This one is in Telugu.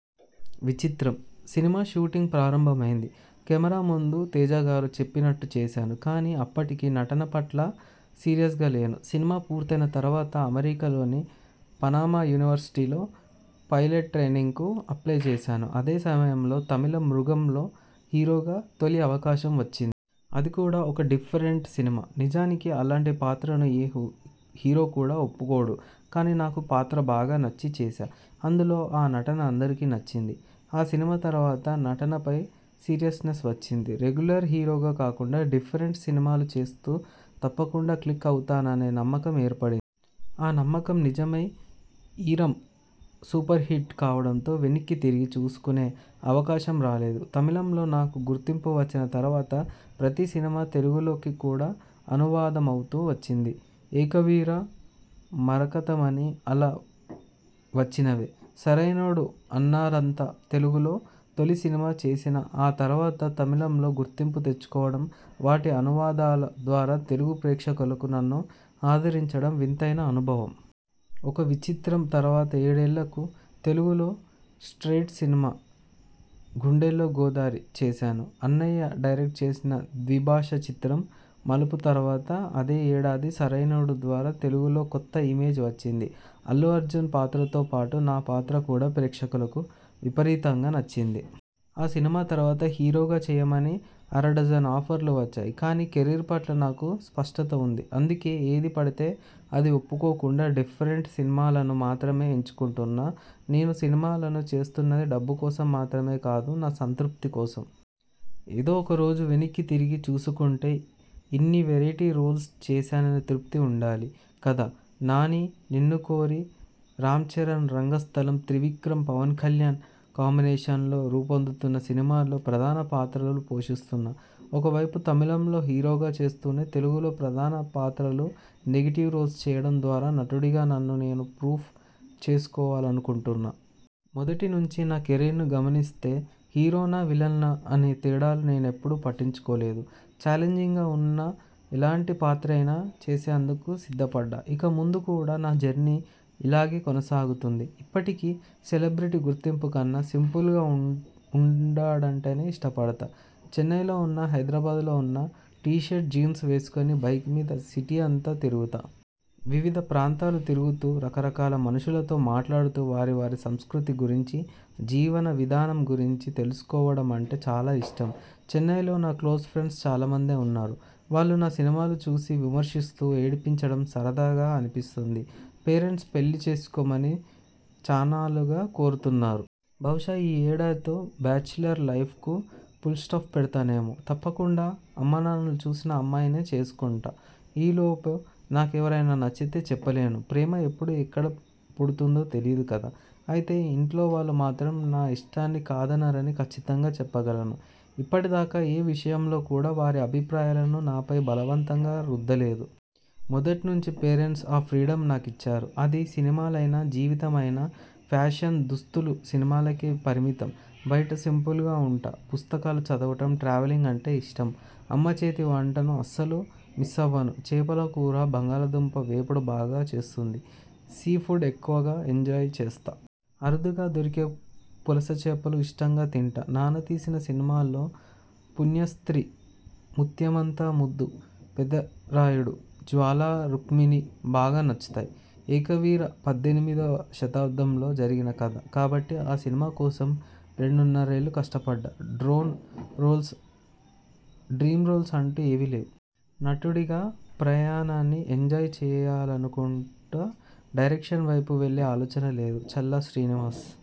విచిత్రం' సినిమా షూటింగ్ ప్రారంభమైంది. కెమెరా ముందు తేజగారు చెప్పినట్టు చేశాను కానీ అప్పటికి నటన పట్ల సీరియస్గా లేను. సినిమా పూర్తయిన తర్వాత అమెరికాలోని పనామా యూనివర్శిటీలో పైలెట్ ట్రైనింగ్కు అప్లయ్ చేశాను. అదే సమయంలో తమిళ 'మృగం'లో హీరోగా తొలి అవకాశం వచ్చింది. అది కూడా ఒక డిఫరెంట్ సినిమా. నిజానికి అలాంటి పాత్రను ఏ హీరో కూడా ఒప్పుకోడు. కానీ నాకు పాత్ర బాగా నచ్చి చేశా. అందులో నా నటన అందరికీ నచ్చింది. ఆ సినిమా తర్వాత నటనపై సీరియస్నెస్ వచ్చింది. రెగ్యులర్ హీరోగా కాకుండా డిఫరెంట్ సినిమాలు చేస్తే తప్పకుండా క్లిక్ అవుతాననే నమ్మకం ఏర్పడింది. నా నమ్మకం నిజమై 'ఈరం' సూపర్హిట్ కావడంతో వెనక్కి తిరిగి చూసుకునే అవకాశం రాలేదు. తమిళంలో నాకు గుర్తింపు వచ్చిన తర్వాత ప్రతీ సినిమా తెలుగులోకి కూడా అనువాదమవుతూ వచ్చింది. 'ఏకవీర', 'మరకతమణి' అలా వచ్చినవే. 'సరైనోడు' అన్నారంతా తెలుగులో తొలి సినిమా చేసినా ఆ తర్వాత తమిళంలో గుర్తింపు తెచ్చుకోవడం, వాటి అనువాదాల ద్వారా తెలుగు ప్రేక్షకులు నన్ను ఆదరించడం వింతైన అనుభవం. 'ఒక విచిత్రం' తర్వాత ఏడేళ్లకు తెలుగులో స్ట్రయిట్ సినిమా 'గుండెల్లో గోదారి' చేశాను. అన్నయ్య డైరెక్ట్ చేసిన ద్విభాషా చిత్రం 'మలుపు' తర్వాత అదే యేడాది 'సరైనోడు' ద్వారా తెలుగులో కొత్త ఇమేజ్ వచ్చింది. అల్లు అర్జున్ పాత్రతో పాటు నా పాత్ర కూడా ప్రేక్షకులకు విపరీతంగా నచ్చింది. ఆ సినిమా తర్వాత హీరోగా చేయమని అరడజను ఆఫర్లు వచ్చాయి. కానీ కెరీర్ పట్ల నాకు స్పష్టత ఉంది. అందుకే ఏది పడితే అది ఒప్పుకోకుండా డిఫరెంట్ సినిమాలను మాత్రమే ఎంచుకుంటున్నా. నేను సినిమాలు చేస్తున్నది డబ్బు కోసం మాత్రమే కాదు, నా సంతృప్తి కోసం. ఏదో ఒకరోజు వెనక్కి తిరిగి చూసుకుంటే ఇన్ని వెరైటీ రోల్స్ చేశాననే తృప్తి ఉండాలి కదా. నాని 'నిన్ను కోరి', రామ్ చరణ్ 'రంగస్థలం', త్రివిక్రమ్, పవన్కళ్యాణ్ కాంబినేషన్లో రూపొందుతున్న సినిమాల్లో ప్రధాన పాత్రలు పోషిస్తున్నా. ఒకవైపు తమిళంలో హీరోగా చేస్తూనే, తెలుగులో ప్రధాన పాత్రలు, నెగిటివ్ రోల్స్ చేయడం ద్వారా నటుడిగా నన్ను నేను ప్రూవ్ చేసుకోవాలనుకుంటున్నా. మొదటి నుంచి నా కెరీర్ను గమనిస్తే హీరోనా, విలనా అనే తేడాలు నేనెప్పుడూ పట్టించుకోలేదు. ఛాలెంజింగ్గా ఉన్న ఎలాంటి పాత్రనైనా చేసేందుకు సిద్ధపడ్డా. ఇక ముందు కూడా నా జర్నీ ఇలాగే కొనసాగుతుంది. ఇప్పటికీ సెలబ్రిటీ గుర్తింపు కన్నా సింపుల్గా ఉండటాన్నే ఇష్టపడతా. చెన్నైలో ఉన్నా హైదరాబాద్లో ఉన్నా టీషర్ట్, జీన్స్ వేసుకుని బైక్ మీదే సిటీ అంతా తిరుగుతా. వివిధ ప్రాంతాలు తిరుగుతూ రకరకాల మనుషులతో మాట్లాడుతూ వారి వారి సంస్కృతి గురించి, జీవన విధానం గురించి తెలుసుకోవడమంటే చాలా ఇష్టం. చెన్నైలో నా క్లోజ్ ఫ్రెండ్స్ చాలామందే ఉన్నారు. వాళ్లు నా సినిమాలు చూసి విమర్శిస్తూ, ఏడిపించడం సరదాగా అనిపిస్తుంది. పేరెంట్స్ పెళ్లి చేసుకొమ్మని చాన్నాళ్లుగా కోరుతున్నారు. బహుశా ఈ యేడాదితో బ్యాచిలర్ లైఫ్కు పుల్స్టాప్ పెడతానేమో. తప్పకుండా అమ్మనాన్నలు చూసిన అమ్మాయినే చేసుకుంటా. ఈ లోపు నాకెవరైనా నచ్చితే చెప్పలేను. ప్రేమ ఎప్పుడు, ఎక్కడ పుడుతుందో తెలియదు కదా. అయితే ఇంట్లోవాళ్లు మాత్రం నా ఇష్టాన్ని కాదనరని కచ్చితంగా చెప్పగలను. ఇప్పటిదాకా ఏ విషయంలో కూడా వారి అభిప్రాయాలను నాపై బలవంతంగా రుద్దలేదు. మొదట్నుంచి పేరంట్స్ ఆ ఫ్రీడమ్ నాకిచ్చారు. అది సినిమాలైనా, జీవితమైనా! ఫ్యాషన్ దుస్తులు సినిమాలకే పరిమితం. బయట సింపుల్గా ఉంటా. పుస్తకాలు చదవడం, ట్రావెలింగ్ అంటే ఇష్టం. అమ్మ చేతివంటను అస్సలు మిస్సవ్వను. చేపల కూర, బంగాళదుంప వేపుడు బాగా చేస్తుంది. సీ ఫుడ్ ఎక్కువగా ఎంజాయ్ చేస్తా. అరుదుగా దొరికే పులస చేపలు ఇష్టంగా తింటా. నాన్న తీసిన సినిమాల్లో పుణ్యస్త్రీ, ముత్యమంత ముద్దు, పెదరాయుడు, జ్వాల, రుక్మిణి బాగా నచ్చుతాయి. 'ఏకవీర' పద్దెనిమిదివ శతాబ్దంలో జరిగిన కథ కాబట్టి ఆ సినిమా కోసం రెండున్నరేళ్లు కష్టపడ్డా. డ్రీమ్ రోల్స్ అంటూ ఏవీ లేవు. నటుడిగా ప్రయాణాన్ని ఎంజాయ్ చేయాలనుకుంటా. డైరెక్షన్ వైపు వెళ్లే ఆలోచన లేదు. చల్లా శ్రీనివాస్